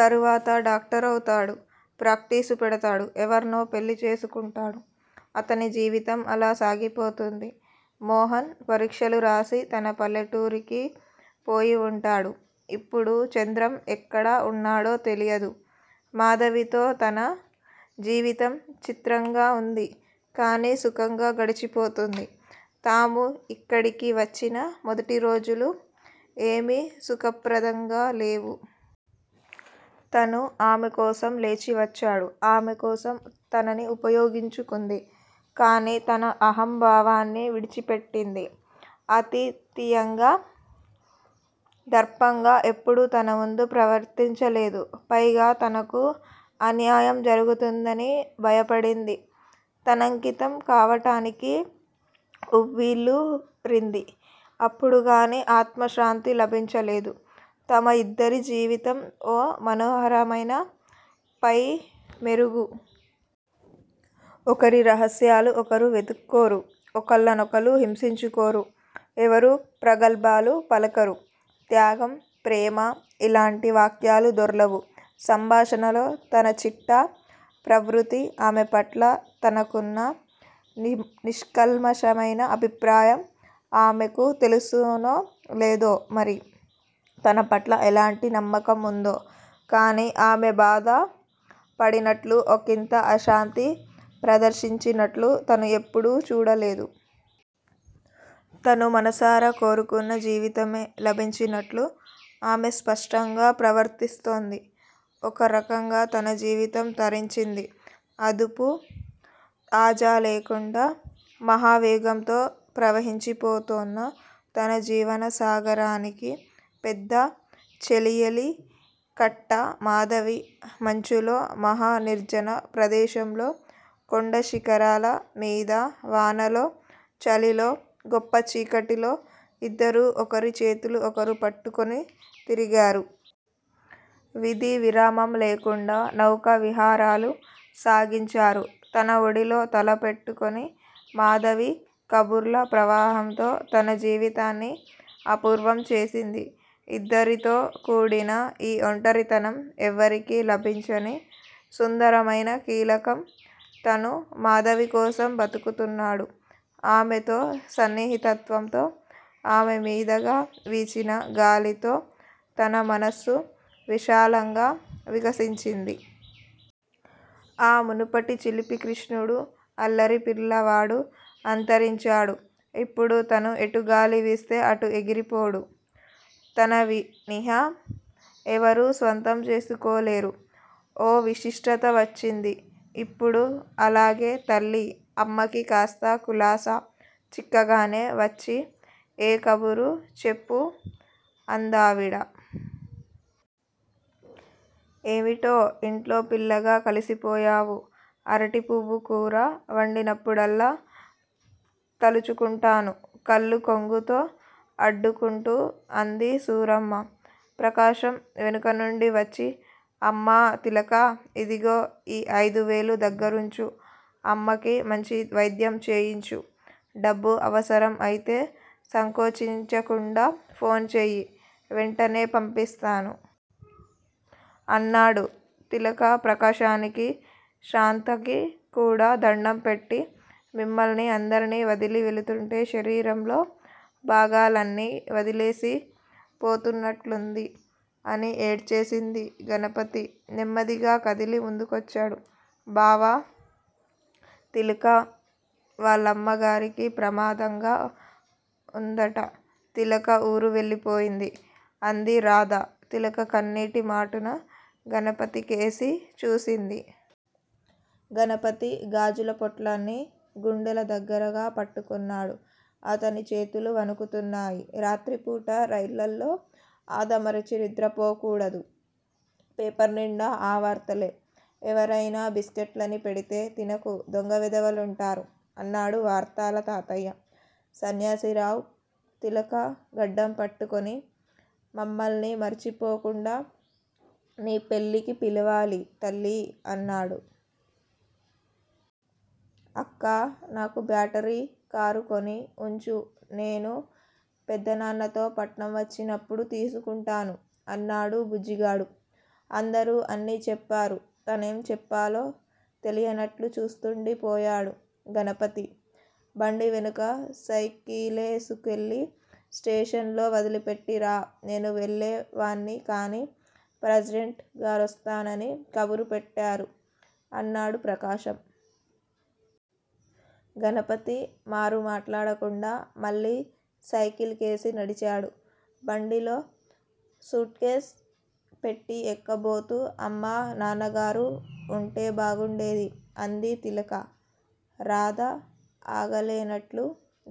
తరువాత డాక్టరౌతాడు. ప్రాక్టీసు పెడతాడు. ఎవర్నో పెళ్ళి చేసుకుంటాడు. అతని జీవితం అలా సాగిపోతుంది. మోహన్ పరీక్షలు రాసి తన పల్లెటూరికి పోయివుంటాడు. ఇప్పుడు చంద్రం ఎక్కడ వున్నాడో తెలియదు. మాధవితో తన జీవితం చిత్రంగా వుంది. కానీ సుఖంగా గడిచిపోతోంది. తాము యిక్కడికి వచ్చిన మొదటి రోజులు ఏమీ సుఖప్రదంగా లేవు. తను ఆమె కోసం లేచి వచ్చాడు. ఆమె కోసం తనని ఉపయోగించుకుంది. కానీ తన అహంభావాన్ని విడిచి పెట్టింది. అతీతంగా, దర్పంగా ఎప్పుడూ తనముందు ప్రవర్తించలేదు. పైగా తనకు అన్యాయం జరుగుతుందని భయపడింది. తనకంకితం కావటానికి ఉవ్విళ్ళూరింది. అప్పుడుగాని ఆత్మశాంతి లభించలేదు. తమ యిద్దరి జీవితం ఓ మనోహరమైన పై మెరుగు. ఒకరి రహస్యాలు ఒకరు వెదుక్కోరు. ఒకళ్ళనొకళ్ళు హింసించుకోరు. ఎవరూ ప్రగల్భాలు పలకరు. త్యాగం, ప్రేమ యిలాంటి వాక్యాలు దొర్లవు సంభాషణలో తన చిట్టా ప్రవృత్తి, ఆమె పట్ల తనకున్న నిష్కల్మషమైన అభిప్రాయం ఆమెకు తెలుసునో లేదో మరి. తన పట్ల ఎలాంటి నమ్మకం ఉందో? కానీ ఆమె బాధ పడినట్లు, ఒకింత అశాంతి ప్రదర్శించినట్లు తను ఎప్పుడూ చూడలేదు. తను మనసారా కోరుకున్న జీవితమే లభించినట్లు ఆమె స్పష్టంగా ప్రవర్తిస్తోంది. ఒక రకంగా తన జీవితం తరించింది. అదుపూ, ఆజా లేకుండా మహావేగంతో ప్రవహించిపోతోన్న తన జీవన సాగరానికి పెద్ద చెలియలి కట్ట మాధవి. మంచులో, మహా నిర్జన ప్రదేశంలో, కొండ శిఖరాల మీద, వానలో, చలిలో, గొప్ప చీకటిలో యిద్దరూ ఒకరి చేతులు ఒకరు పట్టుకుని తిరిగారు. విధి విరామం లేకుండా నౌకా విహారాలు సాగించారు. తన ఒడిలో తల పెట్టుకుని మాధవి కబుర్ల ప్రవాహంతో తన జీవితాన్ని అపూర్వం చేసింది. ఇద్దరితో కూడిన ఈ ఒంటరితనం ఎవ్వరికీ లభించని సుందరమైన కీలకం. తను మాధవికోసం బ్రతుకుతున్నాడు. ఆమెతో సన్నిహితత్వంతో, ఆమె మీదగా వీచిన గాలితో తన మనస్సు విశాలంగా వికసించింది. ఆ మునుపటి చిలిపి కృష్ణుడు, అల్లరి పిల్లవాడు అంతరించాడు. ఇప్పుడు తను ఎటు గాలి వీస్తే అటు ఎగిరిపోడు. తననిహ ఎవరూ స్వంతం చేసుకోలేరు. ఓ విశిష్టత వచ్చింది యిప్పుడు. అలాగే తల్లీ! అమ్మకి కాస్త కులాసా చిక్కగానే వచ్చి ఏ కబురూ చెప్పు అందావిడ. ఏవిటో ఇంట్లో పిల్లగా కలిసిపోయావు. అరటి పువ్వు కూర వండినప్పుడల్లా తలుచుకుంటాను! కళ్ళు కొంగుతో అడ్డుకుంటూ అంది సూరమ్మ. ప్రకాశం వెనక నుండి వచ్చి, అమ్మా, తిలకా! ఇదిగో ఈ ఐదు వేలూ దగ్గరుంచు అమ్మకి మంచి వైద్యం చేయించు, డబ్బు అవసరం అయితే సంకోచించకుండా ఫోన్ చెయ్యి, వెంటనే పంపిస్తాను! అన్నాడు. తిలక ప్రకాశానికీ, శాంతకీ కూడా దండం పెట్టి మిమ్మల్ని అందర్నీ వదలి వెళుతుంటే శరీరంలో భాగాల్ని వదిలేసి పోతున్నట్లుంది! అని ఏడ్చేసింది. గణపతి నెమ్మదిగా కదిలి ముందుకొచ్చాడు. బావా! తిలకా వాళ్ళమ్మ గారికి ప్రమాదంగా ఉందిట. తిలక ఊరు వెళ్ళిపోతుంది! అంది రాధ. తిలక కన్నీటి మాటున గణపతికేసి చూసింది. గణపతి గాజుల పొట్లాన్ని గుండెల దగ్గరగా పట్టుకున్నాడు. అతని చేతులు వణుకుతున్నాయి. రాత్రి పూట రైళ్ళలలో ఆదమరచి నిద్రపోకూడదు. పేపర్ నిండా ఆ వార్తలే! ఎవరయినా బిస్కెట్లనీ పెడితే తినకు. దొంగ వెధవలుంటారు అన్నాడు వార్తల తాతయ్య. సన్యాసిరావు తిలక గడ్డం పట్టుకుని, మమ్మల్ని మరచిపోకుండా నీ పెళ్ళికి పిలవాలి తల్లీ అన్నాడు. అక్కా! నాకు బ్యాటరీ కారు కొని ఉంచు. నేను పెదనాన్నతో పట్నం వచ్చినప్పుడు తీసుకుంటాను! అన్నాడు బుజ్జిగాడు. అందరూ అన్నీ చెప్పారు. తనేం చెప్పాలో తెలియనట్లు చూస్తూండిపోయాడు. గణపతీ! బండివెనక సైకిలేసుకెళ్ళి స్టేషన్ లో వదిలిపెట్టిరా! నేను వెళ్ళే వాన్ని కాని ప్రెసిడెంట్ గారొస్తానని కబురు పెట్టారు అన్నాడు ప్రకాశం. గణపతి మారు మాట్లాడకుండా మళ్ళీ సైకిల్ కేసి నడిచాడు. బండిలో సూట్ కేస్ పెట్టి ఎక్కబోతూ, అమ్మా, నాన్నగారూ ఉంటే బాగుండేది అంది తిలక. రాధ ఆగలేనట్లు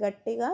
గట్టిగా